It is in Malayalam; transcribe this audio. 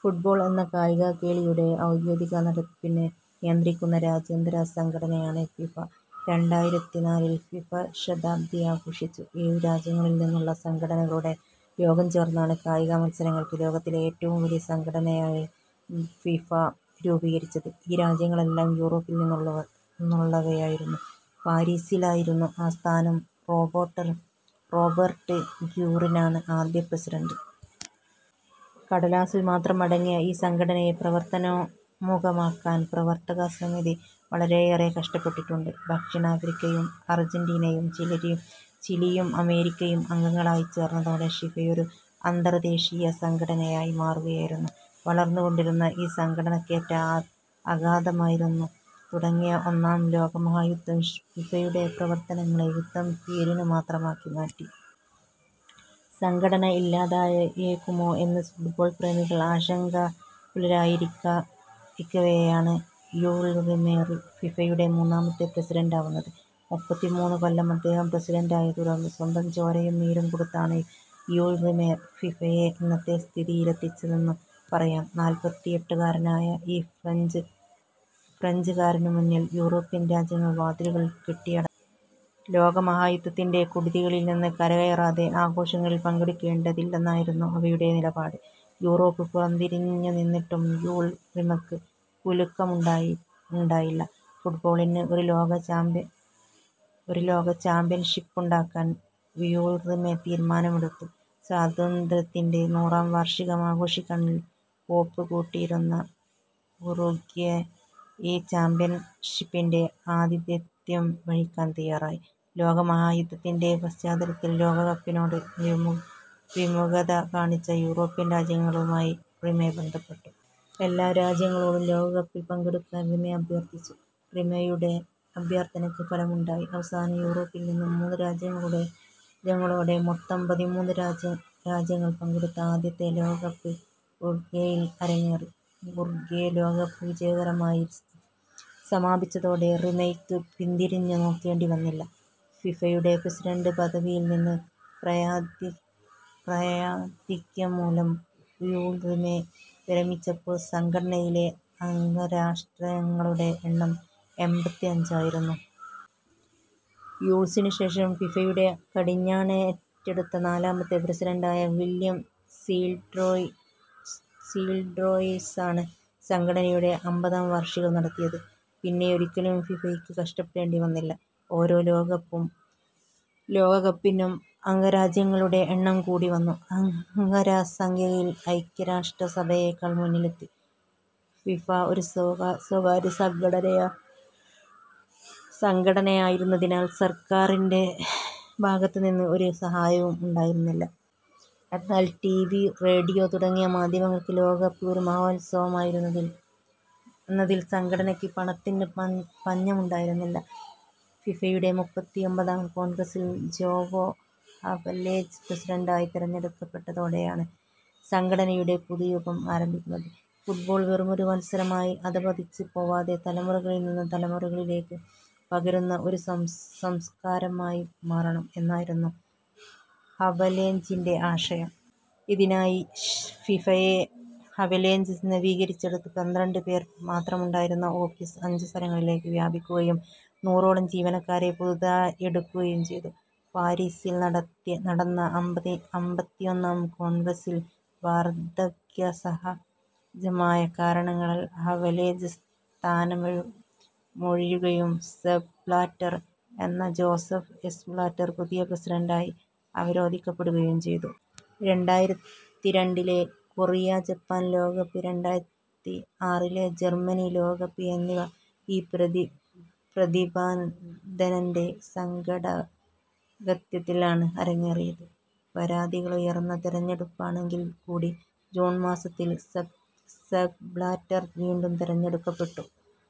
ഫുട്ബോൾ എന്ന കായികകേളിയുടെ ഔദ്യോഗിക നടത്തിപ്പ് നിയന്ത്രിക്കുന്ന രാജ്യാന്തര സംഘടനയാണ് ഫിഫ. രണ്ടായിരത്തിനാലിൽ ഫിഫ ശതാബ്ദി ആഘോഷിച്ചു. ഏഴു രാജ്യങ്ങളിൽ നിന്നുളള സംഘടനകളുടെ യോഗം ചേർന്നാണ് കായികമത്സരങ്ങൾക്ക് ലോകത്തിലെ ഏറ്റവും വലിയ സംഘടനയായ ഫിഫ രൂപികരിച്ചത്. ഈ രാജ്യങ്ങളെല്ലാം യൂറോപ്പിൽനിന്നുള്ളവയായിരുന്നു. പാരീസിലായിരുന്നു ആസ്ഥാനം. റോബെർട്ട് ഗ്യൂറിനാണ് ആദ്യ പ്രസിഡന്റ്. കടലാസിൽ മാത്രം അടങ്ങിയ ഈ സംഘടനയെ പ്രവർത്തനോന്മുഖമാക്കാൻ പ്രവർത്തക സമിതി വളരെയേറെ കഷ്ടപ്പെട്ടിട്ടുണ്ട്. ദക്ഷിണാഫ്രിക്കയും അർജന്റീനയും ചിലിയും അമേരിക്കയും അംഗങ്ങളായി ചേർന്നതോടെ ഫിഫയൊരു അന്തർദ്ദേശീയ സംഘടനയായി മാറുകയായിരുന്നു. വളർന്ന് കൊണ്ടിരുന്ന ഈ സംഘടനക്കേറ്റ ആഘാതമായിരുന്നു തുടങ്ങിയ ഒന്നാം ലോകമഹായുദ്ധം. ഫിഫയുടെ പ്രവർത്തനങ്ങളെ യുദ്ധം പേരിനുമാത്രമാക്കി മാറ്റി. സംഘടന ഇല്ലാതായേക്കുമോ എന്ന് ഫുട്ബോൾ പ്രേമികൾ ആശങ്കാകുലരായിരിക്കവെയാണ് യൂൾ റിമെ ഫിഫയുടെ മൂന്നാമത്തെ പ്രസിഡന്റാവുന്നത്. മുപ്പത്തിമൂന്നു കൊല്ലം അദ്ദേഹം പ്രസിഡന്റായി തുടർന്നു. സ്വന്തം ചോരയും നീരും കൊടുത്താണ് യൂൾ റിമെ ഫിഫയെ ഇന്നത്തെ സ്ഥിതിയിലെത്തിച്ചതെന്നു പറയാം. നാല്പത്തിയെട്ടു കാരനായ ഈ ഫ്രഞ്ച്കാരനുമുന്നിൽ യൂറോപ്യൻ രാജ്യങ്ങൾ വാതിലുകൾ കൊട്ടിയടച്ചു. ലോകമഹായുദ്ധത്തിന്റെ കെടുതികളിൽനിന്ന് കരകയറാതെ ആഘോഷങ്ങളിൽ പങ്കെടുക്കേണ്ടതില്ലെന്നായിരുന്നു അവയുടെ നിലപാട്. യൂറോപ്പ് പുറംതിരിഞ്ഞുനിന്നിട്ടും യൂൾ റിമെക്ക് കുലുക്കമുണ്ടായില്ല. ഫുട്ബോളിന് ഒരു ലോക ചാമ്പ്യൻഷിപ്പുണ്ടാക്കാൻ യൂൾ റിമെ തീരുമാനമെടുത്തു. സ്വാതന്ത്ര്യത്തിന്റെ നൂറാം വാർഷികമാഘോഷിക്കാൻ കോപ്പ് കൂട്ടിയിരുന്ന ഉറുഗ്വെ ഈ ചാമ്പ്യൻഷിപ്പിന്റെ ആതിഥേയത്വം വഹിക്കാൻ തയ്യാറായി. ലോകമഹായുദ്ധത്തിന്റെ പശ്ചാത്തലത്തിൽ ലോകകപ്പിനോട് വിമുഖത കാണിച്ച യൂറോപ്യൻ രാജ്യങ്ങളുമായി റിമെ ബന്ധപ്പെട്ടു. എല്ലാ രാജ്യങ്ങളോടും ലോകകപ്പിൽ പങ്കെടുക്കാൻ റിമെ അഭ്യർത്ഥിച്ചു. റിമെയുടെ അഭ്യർത്ഥനയ്ക്ക് ഫലമുണ്ടായി. അവസാനം യൂറോപ്പിൽനിന്ന് മൂന്ന് രാജ്യങ്ങളോടെ, മൊത്തം പതിമൂന്ന് രാജ്യങ്ങൾ പങ്കെടുത്ത ആദ്യത്തെ ലോകകപ്പ് ഉറുഗ്വെയിൽ അരങ്ങേറി. ഉറുഗ്വെ ലോകകപ്പ് വിജയകരമായി സമാപിച്ചതോടെ റിമെയ്ക്കു പിന്തിരിഞ്ഞ് നോക്കേണ്ടി വന്നില്ല. ഫിഫയുടെ പ്രസിഡന്റ് പദവിയിൽ നിന്ന് പ്രായാധിക്യം മൂലം യൂൾ റിമെ വിരമിച്ചപ്പോൾ സംഘടനയിലെ അംഗരാഷ്ട്രങ്ങളുടെ എണ്ണം എമ്പത്തിഅഞ്ചായിരുന്നു. യൂൾസിന് ശേഷം ഫിഫയുടെ കടിഞ്ഞാണേറ്റെടുത്ത നാലാമത്തെ പ്രസിഡന്റായ വില്ല്യം സീൽഡ്രോയേഴ്സാണ് സംഘടനയുടെ അമ്പതാം വാർഷികം നടത്തിയത്. പിന്നെയൊരിക്കലും ഫിഫയ്ക്ക് കഷ്ടപ്പെടേണ്ടി വന്നില്ല. ഓരോ ലോകകപ്പിനും അംഗരാജ്യങ്ങളുടെ എണ്ണം കൂടിവന്നു. അംഗ സംഖ്യയിൽ ഐക്യ രാഷ്ട്ര സഭയെക്കാൾ മുന്നിലെത്തി. ഫിഫ ഒരു സ്വകാര്യ സംഘടനയായിരുന്നതിനാൽ സർക്കാരിന്റെ ഭാഗത്ത് നിന്ന് ഒരു സഹായവും ഉണ്ടായിരുന്നില്ല. എന്നാൽ ടിവി, റേഡിയോ തുടങ്ങിയ മാധ്യമങ്ങൾക്ക് ലോകകപ്പ് ഒരു മഹോത്സവമായിരുന്നതിൽ സംഘടനയ്ക്ക് പണത്തിന് പഞ്ഞമുണ്ടായിരുന്നില്ല. ഫിഫയുടെ മുപ്പത്തിയുമ്പതാം കോൺഗ്രസ്സിൽ ജോവോ ഹവലേഞ്ച് പ്രസിഡന്റായി തിരഞ്ഞെടുക്കപ്പെട്ടതോടെയാണ് സംഘടനയുടെ പുതുയുഗം ആരംഭിക്കുന്നത്. ഫുട്ബോൾ വെറുമൊരു മത്സരമായി അധ:പതിച്ച് പോവാതെ തലമുറകളിൽനിന്ന് തലമുറകളിലേക്ക് പകരുന്ന ഒരു സംസ്കാരമായി മാറണം എന്നായിരുന്നു ഹവലേഞ്ചിന്റെ ആശയം. ഇതിനായി ഫിഫയെ ഹവലേഞ്ച് നവീകരിച്ചെടുത്തു. പന്ത്രണ്ട് പേർ മാത്രമുണ്ടായിരുന്ന ഓഫീസ്, അഞ്ചു സ്ഥലങ്ങളിലേക്ക് വ്യാപിപ്പിക്കുകയും നൂറോളം ജീവനക്കാരെ പുതുതായെടുക്കുകയും ചെയ്തു. പാരീസിൽ നടന്ന അമ്പത്തിയൊന്നാം കോൺഗ്രസ്സിൽ വാർദ്ധക്യസഹജമായ കാരണങ്ങളാൽ ഹവലേഞ്ച് സ്ഥാനമൊഴിയുകയും സെപ് ബ്ലാറ്റർ എന്ന ജോസഫ് എസ്. ബ്ലാറ്റർ പുതിയ പ്രസിഡന്റായി അവരോധിക്കപ്പെടുകയും ചെയ്തു. രണ്ടായിരത്തിരണ്ടിലെ കൊറിയ ജപ്പാൻ ലോകകപ്പ്, രണ്ടായിരത്തിആറിലെ ജർമ്മനി ലോകകപ്പ് എന്നിവ ഈ പ്രതിഭാധനന്റെ സംഘാടകത്വത്തിലാണ് അരങ്ങേറിയത്. പരാതികളുയർന്ന തെരഞ്ഞെടുപ്പാണെങ്കിൽക്കൂടി, ജൂൺ മാസത്തിൽ സെപ് ബ്ലാറ്റർ വീണ്ടും തെരഞ്ഞെടുക്കപ്പെട്ടു.